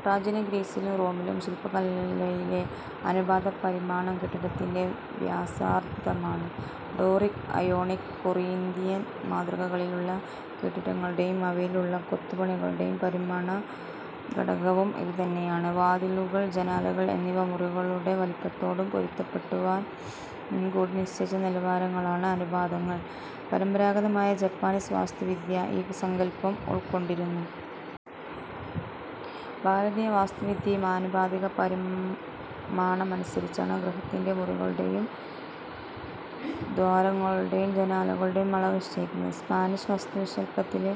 പ്രാചീന ഗ്രീസിലും റോമിലും ശില്പകലയിലെ അനുപാത പരിമാണം കെട്ടിടത്തിന്റെ വ്യാസാർധമാണ്. ഡോറിക്, അയോണിക്, കൊറിന്തിയൻ മാതൃകകളിലുള്ള കെട്ടിടങ്ങളുടേയും അവയിൽ ഉള്ള കൊത്തുപണികളുടേയും പരിമാണ ഘടകവും ഇതുതന്നെയാണ്. വാതിലുകൾ, ജനാലകൾ എന്നിവ മുറികളുടെ വലിപ്പത്തോടു പൊരുത്തപ്പെടുവാൻ മുൻകൂട്ടി നിശ്ചയിച്ച നിലവാരങ്ങളാണ് അനുപാതങ്ങൾ. പരമ്പരാഗതമായ ജാപ്പനീസ് വാസ്തുവിദ്യ ഈ സങ്കല്പം ഉൾക്കൊണ്ടിരുന്നു. ഭാരതീയ വാസ്തുവിദ്യയും ആനുപാതിക പരിമാണമനുസരിച്ചാണ് ഗൃഹത്തിന്റേയും മുറികളുടേയും ദ്വാരങ്ങളുടേയും ജനാലകളുടേയും അളവ് നിശ്ചയിക്കുന്നത്. സ്പാനിഷ് വാസ്തുശില്പത്തിലെ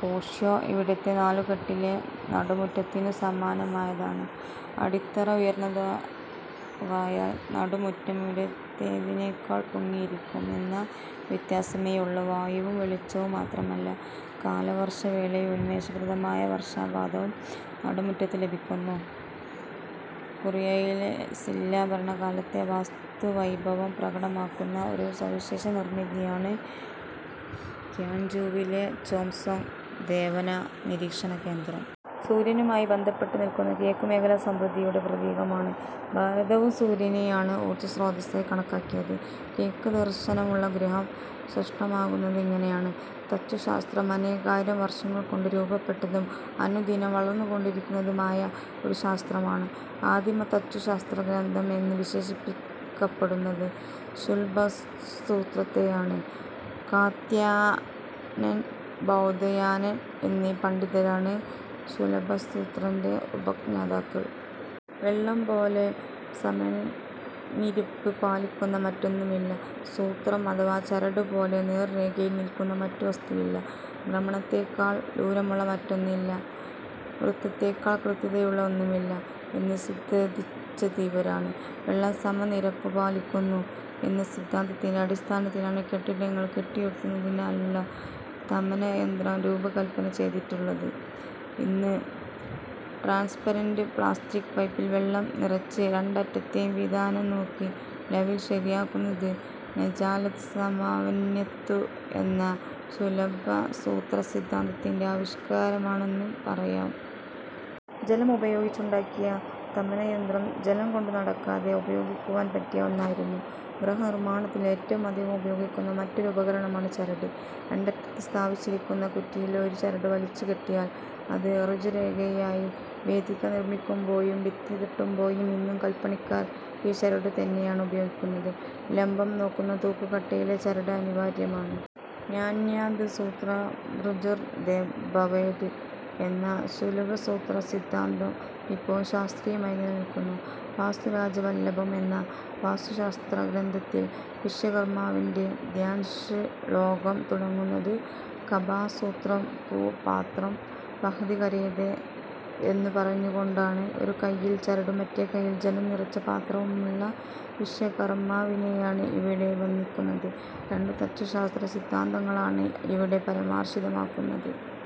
പോഷ്വോ ഇവിടത്തെ നാലുകെട്ടിലെ നടുമുറ്റത്തിനു സമാനമായതാണ്. അടിത്തറ ഉയർന്നതാകയാൽ നടുമുറ്റം ഇവിടത്തേതിനേക്കാൾ പൊങ്ങിയിരിക്കും എന്ന വ്യത്യാസമേയുള്ളു. വായുവും വെളിച്ചവും മാത്രമല്ല, കാലവർഷവേളയിലെ ഉന്മേഷപ്രദമായ വർഷപാതവും നടുമുറ്റത്ത് ലഭിക്കുന്നു. കൊറിയയിൽ സില്ലാ ഭരണകാലത്തെ വാസ്തുവൈഭവം പ്രകടമാക്കുന്ന ഒരു സവിശേഷ നിർമിതിയാണ് ക്യോൻജൂവിലെ ചോം സൊങ് ദേവാന നിരീക്ഷണകേന്ദ്രം. സൂര്യനുമായി ബന്ധപ്പെട്ടു നില്ക്കുന്ന കിഴക്ക് മേഖല സമൃദ്ധിയുടെ പ്രതീകമാണ്. ഭാരതവും സൂര്യനെയാണ് ഊർജ സ്രോതസ്സായി കണക്കാക്കിയത്. കിഴക്ക് ദർശനമുള്ള ഗൃഹം ശ്രേഷ്ഠമാകുന്നത് ഇങ്ങനെയാണ്. തച്ചുശാസ്ത്രം അനേകായിരം വർഷങ്ങൾകൊണ്ട് രൂപപ്പെട്ടതും അനുദിനം വളർന്നുകൊണ്ടിരിക്കുന്നതുമായ ഒരു ശാസ്ത്രമാണ്. ആദിമ തച്ചുശാസ്ത്രഗ്രന്ഥം എന്നു വിശേഷിപ്പിക്കപ്പെടുന്നത് ശുല്ബസൂത്രത്തെയാണ്. കാത്യായനൻ, ബൌധായനൻ എന്നീ പണ്ഡിതരാണ് ശുല്ബസൂത്രത്തിന്റെ ഉപജ്ഞാതാക്കൾ. വെള്ളംപോലെ സമനിരപ്പ് പാലിക്കുന്ന മറ്റൊന്നുമില്ല; സൂത്രം അഥവാ ചരടുപോലെ നേർരേഖയിൽ നില്ക്കുന്ന മറ്റു വസ്തുവില്ല; ഭ്രമണത്തേക്കാൾ ദൂരമുള്ള മറ്റൊന്നില്ല; വൃത്തത്തേക്കാൾ കൃത്യതയുള്ള ഒന്നുമില്ല എന്ന് സിദ്ധാന്തിച്ചത് ഇവരാണ്. വെള്ളം സമനിരപ്പു പാലിക്കുന്നു എന്ന സിദ്ധാന്തത്തിന്റെ അടിസ്ഥാനത്തിലാണ് കെട്ടിടങ്ങൾ കെട്ടിയുയർത്തുന്നതിനുള്ള തമന യന്ത്രം രൂപകല്പന ചെയ്തിട്ടുള്ളത്. ഇന്ന് ട്രാൻസ്പരന്റ് പ്ലാസ്റ്റിക് പൈപ്പിൽ വെള്ളം നിറച്ച് രണ്ടറ്റത്തേയും വിതാനം നോക്കി ലവൽ ശരിയാക്കുന്നത് 'നജലാത് സമവന്യത്തു' എന്ന ശുല്ബസൂത്ര സിദ്ധാന്തത്തിന്റെ ആവിഷ്കാരമാണെന്നു പറയാം. ജലമുപയോഗിച്ചുണ്ടാക്കിയ തമനയന്ത്രം, ജലം കൊണ്ടുനടക്കാതെ ഉപയോഗിക്കുവാൻ പറ്റിയ ഒന്നായിരുന്നു. ഗൃഹനിർമ്മാണത്തിൽ ഏറ്റവും അധികം ഉപയോഗിക്കുന്ന മറ്റൊരു ഉപകരണമാണ് ചരട്. രണ്ടറ്റത്ത് സ്ഥാപിച്ചിരിക്കുന്ന കുറ്റിയിൽ ഒരു ചരട് വലിച്ചു കെട്ടിയാൽ അത് ഋജുരേഖയായി. വേദിക നിർമ്മിക്കുമ്പോഴും ഭിത്തി കെട്ടുമ്പോഴും ഇന്നും കൽപ്പണിക്കാർ ഈ ചരടുതന്നെയാണ് ഉപയോഗിക്കുന്നത്. ലംബം നോക്കുന്ന തൂക്കുകട്ടയിലും ചരട് അനിവാര്യമാണ്. 'നാന്യത് സൂത്രാഭൃജുർ ഭവേത്' എന്ന ശുല്ബസൂത്ര സിദ്ധാന്തം ഇപ്പോഴും ശാസ്ത്രീയമായി നിലനില്ക്കുന്നു. വാസ്തുരാജവല്ലഭം എന്ന വാസ്തുശാസ്ത്രഗ്രന്ഥത്തിൽ വിശ്വകർമാവിന്റെ ധ്യാനശ്ളോകം തുടങ്ങുന്നത് 'കബാസൂത്രംപുപാത്രം വഹതികരതേ' എന്നു പറഞ്ഞുകൊണ്ടാണ്. ഒരു കയ്യിൽ ചരടും മറ്റേ കയ്യിൽ ജലം നിറച്ച പാത്രവുമുള്ള വിശ്വകർമാവിനെയാണ് ഇവിടെ വന്ദിക്കുന്നത്. രണ്ട് തച്ചുശാസ്ത്ര സിദ്ധാന്തങ്ങളാണ് ഇവിടെ പരാമർശിതമാകുന്നത്.